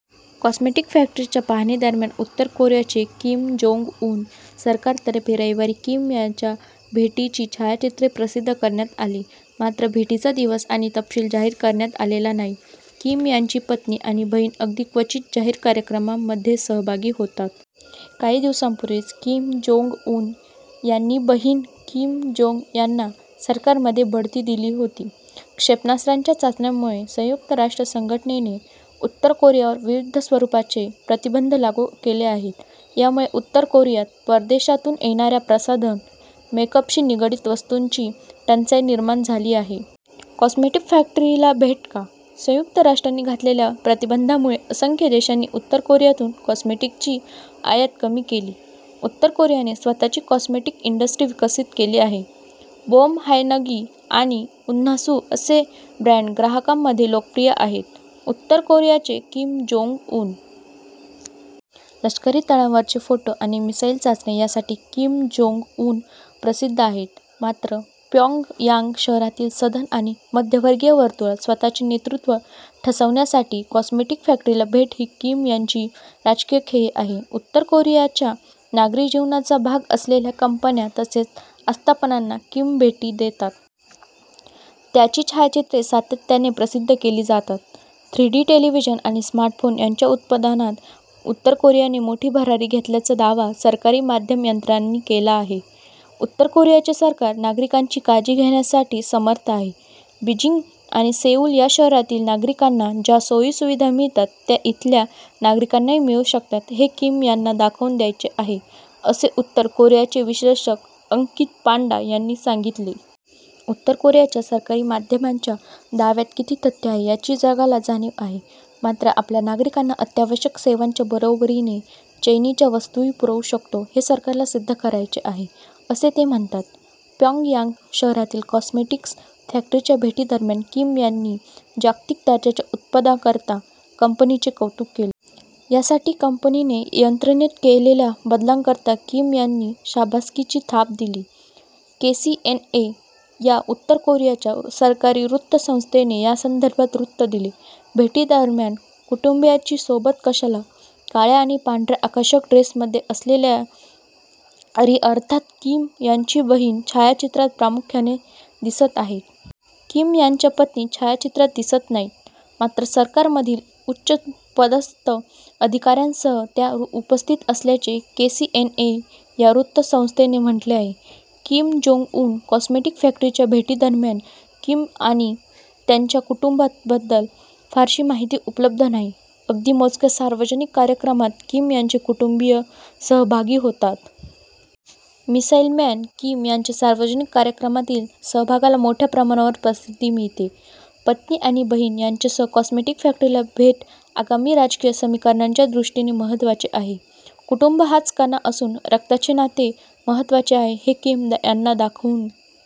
Cosmetic फॅक्टरीच्या पाहणीदरम्यान उत्तर कोरियाचे किम जोंग उन. सरकारतर्फे रविवारी किम यांच्या भेटीची छायाचित्रे प्रसिद्ध करण्यात आली, मात्र भेटीचा दिवस आणि तपशील जाहीर करण्यात आलेला नाही. किम यांची पत्नी आणि बहीण अगदी क्वचित जाहीर कार्यक्रमांमध्ये सहभागी होतात. काही दिवसांपूर्वीच किम जोंग उन यांनी बहीण किम जोंग यांना सरकारमध्ये बढती दिली होती. क्षेपणास्त्रांच्या चाचण्यांमुळे संयुक्त राष्ट्र संघटनेने उत्तर कोरियावर विविध स्वरूपाचे प्रतिबंध लागू केले आहेत. यामुळे उत्तर कोरियात परदेशातून येणाऱ्या प्रसाधन, मेकअपशी निगडित वस्तूंची टंचाई निर्माण झाली आहे. कॉस्मेटिक्स फॅक्टरीला भेट का? संयुक्त राष्ट्रांनी घातलेल्या प्रतिबंधामुळे असंख्य देशांनी उत्तर कोरियातून कॉस्मेटिक्सची आयात कमी केली. उत्तर कोरियाने स्वतःची कॉस्मेटिक्स इंडस्ट्री विकसित केली आहे. बोमहायनगी आणि उन्हासू असे ब्रँड ग्राहकांमध्ये लोकप्रिय आहेत. उत्तर कोरियाचे किम जोंग उन. लष्करी तळांवरचे फोटो आणि मिसाइल चाचण्या यासाठी किम जोंग उन प्रसिद्ध आहेत. मात्र प्यॉंगयांग शहरातील सधन आणि मध्यमवर्गीय वर्तुळात स्वतःचे नेतृत्व ठसवण्यासाठी कॉस्मेटिक्स फॅक्टरीला भेट ही किम यांची राजकीय खेळी आहे. उत्तर कोरियाच्या नागरी जीवनाचा भाग असलेल्या कंपन्या तसेच आस्थापनांना किम भेटी देतात. त्याची छायाचित्रे सातत्याने प्रसिद्ध केली जातात. थ्री डी टेलिव्हिजन आणि स्मार्टफोन यांच्या उत्पादनात उत्तर कोरियाने मोठी भरारी घेतल्याचा दावा सरकारी माध्यम यंत्रणांनी केला आहे. उत्तर कोरियाचे सरकार नागरिकांची काळजी घेण्यासाठी समर्थ आहे. बीजिंग आणि सेऊल या शहरातील नागरिकांना ज्या सोयीसुविधा मिळतात त्या इथल्या नागरिकांनाही मिळू शकतात हे किम यांना दाखवून द्यायचे आहे, असे उत्तर कोरियाचे विश्लेषक अंकित पांडा यांनी सांगितले. उत्तर कोरियाच्या सरकारी माध्यमांच्या दाव्यात किती तथ्य आहे याची जगाला जाणीव आहे. मात्र आपल्या नागरिकांना अत्यावश्यक सेवांच्या बरोबरीने चैनीच्या वस्तूही पुरवू शकतो हे सरकारला सिद्ध करायचे आहे, असे ते म्हणतात. प्यॉंगयांग शहरातील कॉस्मेटिक्स फॅक्टरीच्या भेटीदरम्यान किम यांनी जागतिक दर्जाच्या उत्पादनांकरता कंपनीचे कौतुक केले. यासाठी कंपनीने यंत्रणेत केलेल्या बदलांकरता किम यांनी शाबासकीची थाप दिली. केसीएनए या उत्तर कोरियाच्या सरकारी वृत्तसंस्थेने यासंदर्भात वृत्त दिले. भेटीदरम्यान कुटुंबीयांची सोबत कशाला? काळ्या आणि पांढऱ्या आकर्षक ड्रेसमध्ये असलेल्या री अर्थात किम यांची बहीण छायाचित्रात प्रामुख्याने दिसत आहेत. किम यांच्या पत्नी छायाचित्रात दिसत नाहीत. मात्र सरकारमधील उच्चपदस्थ अधिकाऱ्यांसह त्या उपस्थित असल्याचे केसीएनए या वृत्तसंस्थेने म्हटले आहे. किम जोंग उन कॉस्मेटिक फॅक्टरीच्या भेटीदरम्यान किम आणि त्यांच्या कुटुंबाबद्दल फारशी माहिती उपलब्ध नाही. अगदी मोजक्या सार्वजनिक कार्यक्रमांत किम यांचे कुटुंबीय सहभागी होतात. मिसाइल मॅन किम यांच्या सार्वजनिक कार्यक्रमातील सहभागाला मोठ्या प्रमाणावर प्रसिद्धी मिळते. 'पत्नी आणि बहीण यांच्यासह कॉस्मेटिक्स फॅक्टरीला भेट आगामी राजकीय समीकरणांच्या दृष्टीने महत्त्वाचे आहे. कुटुंब हाच कणा असून, रक्ताचे नाते महत्त्वाचे आहे हे किम यांना दाखवून